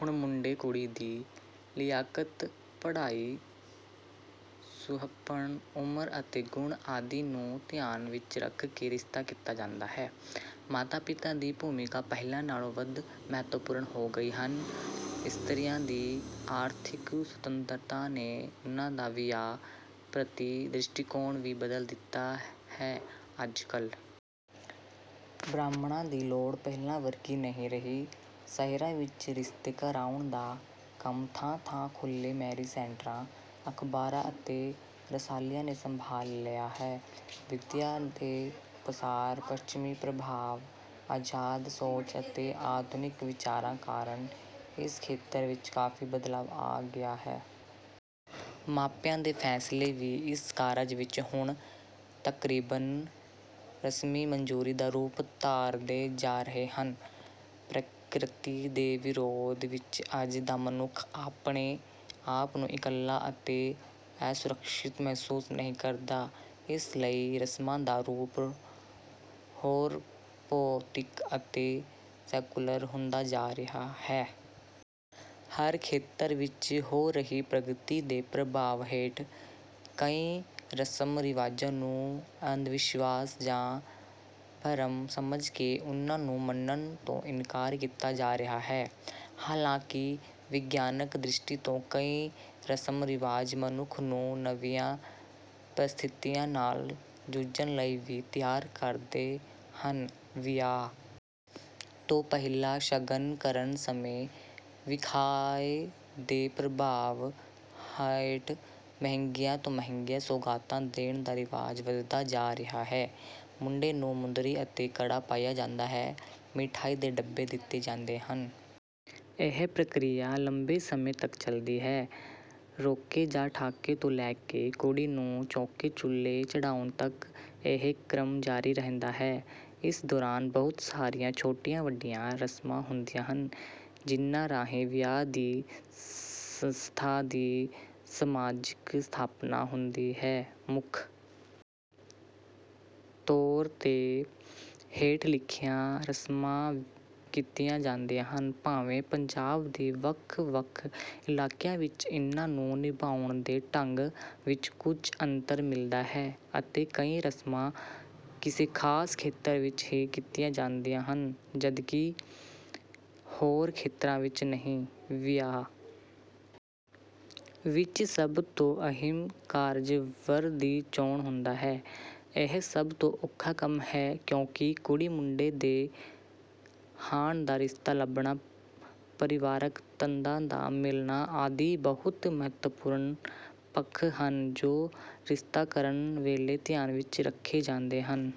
ਹੁਣ ਮੁੰਡੇ-ਕੁੜੀ ਦੀ ਲਿਆਕਤ, ਪੜ੍ਹਾਈ, ਸੁਹੱਪਣ, ਉਮਰ ਅਤੇ ਗੁਣ ਆਦਿ ਨੂੰ ਧਿਆਨ ਵਿੱਚ ਰੱਖ ਕੇ ਰਿਸ਼ਤਾ ਕੀਤਾ ਜਾਂਦਾ ਹੈ। ਮਾਤਾ-ਪਿਤਾ ਦੀ ਭੂਮਿਕਾ ਪਹਿਲਾਂ ਨਾਲੋਂ ਵੱਧ ਮਹੱਤਵਪੂਰਨ ਹੋ ਗਈ ਹੈ। ਇਸਤਰੀਆਂ ਦੀ ਆਰਥਿਕ ਸੁਤੰਤਰਤਾ ਨੇ ਉਹਨਾਂ ਦਾ ਵਿਆਹ ਪ੍ਰਤੀ ਦ੍ਰਿਸ਼ਟੀਕੋਣ ਵੀ ਬਦਲ ਦਿੱਤਾ ਹੈ। ਅੱਜ-ਕੱਲ੍ਹ ਬ੍ਰਾਹਮਣਾਂ ਦੀ ਲੋੜ ਪਹਿਲਾਂ ਵਰਗੀ ਨਹੀਂ ਰਹੀ। ਸ਼ਹਿਰਾਂ ਵਿੱਚ ਰਿਸ਼ਤੇ ਕਰਵਾਉਣ ਦਾ ਕੰਮ ਥਾਂ-ਥਾਂ ਖੁੱਲ੍ਹੇ ਮੈਰਿਜ ਸੈਂਟਰਾਂ, ਅਖ਼ਬਾਰਾਂ ਅਤੇ ਰਸਾਲਿਆਂ ਨੇ ਸੰਭਾਲ ਲਿਆ ਹੈ। ਵਿੱਦਿਆ ਦੇ ਪਸਾਰ, ਪੱਛਮੀ ਪ੍ਰਭਾਵ, ਆਜ਼ਾਦ ਸੋਚ ਅਤੇ ਆਧੁਨਿਕ ਵਿਚਾਰਾਂ ਕਾਰਨ ਇਸ ਖੇਤਰ ਵਿੱਚ ਕਾਫ਼ੀ ਬਦਲਾਅ ਆ ਗਿਆ ਹੈ। ਮਾਪਿਆਂ ਦੇ ਫ਼ੈਸਲੇ ਵੀ ਇਸ ਕਾਰਜ ਵਿੱਚ ਹੁਣ ਤਕਰੀਬਨ ਰਸਮੀ ਮਨਜ਼ੂਰੀ ਦਾ ਰੂਪ ਧਾਰਦੇ ਜਾ ਰਹੇ ਹਨ। ਪ੍ਰਕਿਰਤੀ ਦੇ ਵਿਰੋਧ ਵਿੱਚ ਅੱਜ ਦਾ ਮਨੁੱਖ ਆਪਣੇ ਆਪ ਨੂੰ ਇਕੱਲਾ ਅਤੇ ਅਸੁਰੱਸ਼ਿਤ ਮਹਿਸੂਸ ਨਹੀਂ ਕਰਦਾ। ਇਸ ਲਈ ਰਸਮਾਂ ਦਾ ਰੂਪ ਹੋਰ ਭੌਤਿਕ ਅਤੇ ਸੈਕੂਲਰ ਹੁੰਦਾ ਜਾ ਰਿਹਾ ਹੈ। ਹਰ ਖੇਤਰ ਵਿੱਚ ਹੋ ਰਹੀ ਪ੍ਰਗਤੀ ਦੇ ਪ੍ਰਭਾਵ ਹੇਠ ਕਈ ਰਸਮ-ਰਿਵਾਜ਼ਾਂ ਨੂੰ ਅੰਧਵਿਸ਼ਵਾਸ ਜਾਂ ਭਰਮ ਸਮਝ ਕੇ ਉਹਨਾਂ ਨੂੰ ਮੰਨਣ ਤੋਂ ਇਨਕਾਰ ਕੀਤਾ ਜਾ ਰਿਹਾ ਹੈ। ਹਾਲਾਂਕਿ ਵਿਗਿਆਨਕ ਦ੍ਰਿਸ਼ਟੀ ਤੋਂ ਕਈ ਰਸਮ-ਰਿਵਾਜ਼ ਮਨੁੱਖ ਨੂੰ ਨਵੀਆਂ ਪ੍ਰਸਥਿਤੀਆਂ ਨਾਲ ਜੂਝਣ ਲਈ ਵੀ ਤਿਆਰ ਕਰਦੇ ਹਨ। ਵਿਆਹ ਤੋਂ ਪਹਿਲਾਂ ਸ਼ਗਨ ਕਰਨ ਸਮੇਂ ਵਿਖਾਏ ਦੇ ਪ੍ਰਭਾਵ ਹੇਠ ਮਹਿੰਗੀਆਂ ਤੋਂ ਮਹਿੰਗੀਆਂ ਸੌਗਾਤਾਂ ਦੇਣ ਦਾ ਰਿਵਾਜ ਵੱਧਦਾ ਜਾ ਰਿਹਾ ਹੈ। ਮੁੰਡੇ ਨੂੰ ਮੁੰਦਰੀ ਅਤੇ ਕੜਾ ਪਾਇਆ ਜਾਂਦਾ ਹੈ। ਮਿਠਾਈ ਦੇ ਡੱਬੇ ਦਿੱਤੇ ਜਾਂਦੇ ਹਨ। ਇਹ ਪ੍ਰਕਿਰਿਆ ਲੰਬੇ ਸਮੇਂ ਤੱਕ ਚੱਲਦੀ ਹੈ। ਰੋਕੇ ਜਾਂ ਠਾਕੇ ਤੋਂ ਲੈ ਕੇ ਕੁੜੀ ਨੂੰ ਚੌਂਕੇ-ਚੁੱਲ੍ਹੇ ਚੜ੍ਹਾਉਣ ਤੱਕ ਇਹ ਕ੍ਰਮ ਜਾਰੀ ਰਹਿੰਦਾ ਹੈ। ਇਸ ਦੌਰਾਨ ਬਹੁਤ ਸਾਰੀਆਂ ਛੋਟੀਆਂ-ਵੱਡੀਆਂ ਰਸਮਾਂ ਹੁੰਦੀਆਂ ਹਨ, ਜਿਨ੍ਹਾਂ ਰਾਹੀਂ ਵਿਆਹ ਦੀ ਸੰਸਥਾ ਦੀ ਸਮਾਜਿਕ ਸਥਾਪਨਾ ਹੁੰਦੀ ਹੈ। ਮੁੱਖ ਤੌਰ ’ਤੇ ਹੇਠ ਲਿਖੀਆਂ ਰਸਮਾਂ ਕੀਤੀਆਂ ਜਾਂਦੀਆਂ ਹਨ। ਭਾਵੇਂ ਪੰਜਾਬ ਦੇ ਵੱਖ-ਵੱਖ ਇਲਾਕਿਆਂ ਵਿੱਚ ਇਨ੍ਹਾਂ ਨੂੰ ਨਿਭਾਉਣ ਦੇ ਢੰਗ ਵਿੱਚ ਕੁਝ ਅੰਤਰ ਮਿਲਦਾ ਹੈ ਅਤੇ ਕਈ ਰਸਮਾਂ ਕਿਸੇ ਖ਼ਾਸ ਖੇਤਰ ਵਿੱਚ ਹੀ ਕੀਤੀਆਂ ਜਾਂਦੀਆਂ ਹਨ, ਜਦਕਿ ਹੋਰ ਖੇਤਰਾਂ ਵਿੱਚ ਨਹੀਂ। ਵਿਆਹ ਵਿੱਚ ਸਭ ਤੋਂ ਅਹਿਮ ਕਾਰਜ ਵਰ ਦੀ ਚੋਣ ਹੁੰਦਾ ਹੈ। ਇਹ ਸਭ ਤੋਂ ਔਖਾ ਕੰਮ ਹੈ, ਕਿਉਂਕਿ ਕੁੜੀ-ਮੁੰਡੇ ਦੇ ਹਾਣ ਦਾ ਰਿਸ਼ਤਾ ਲੱਭਣਾ, ਪਰਿਵਾਰਕ ਤੰਦਾਂ ਦਾ ਮਿਲਣਾ ਆਦਿ ਬਹੁਤ ਮਹੱਤਵਪੂਰਨ ਪੱਖ ਹਨ, ਜੋ ਰਿਸ਼ਤਾ ਕਰਨ ਵੇਲੇ ਧਿਆਨ ਵਿੱਚ ਰੱਖੇ ਜਾਂਦੇ ਹਨ।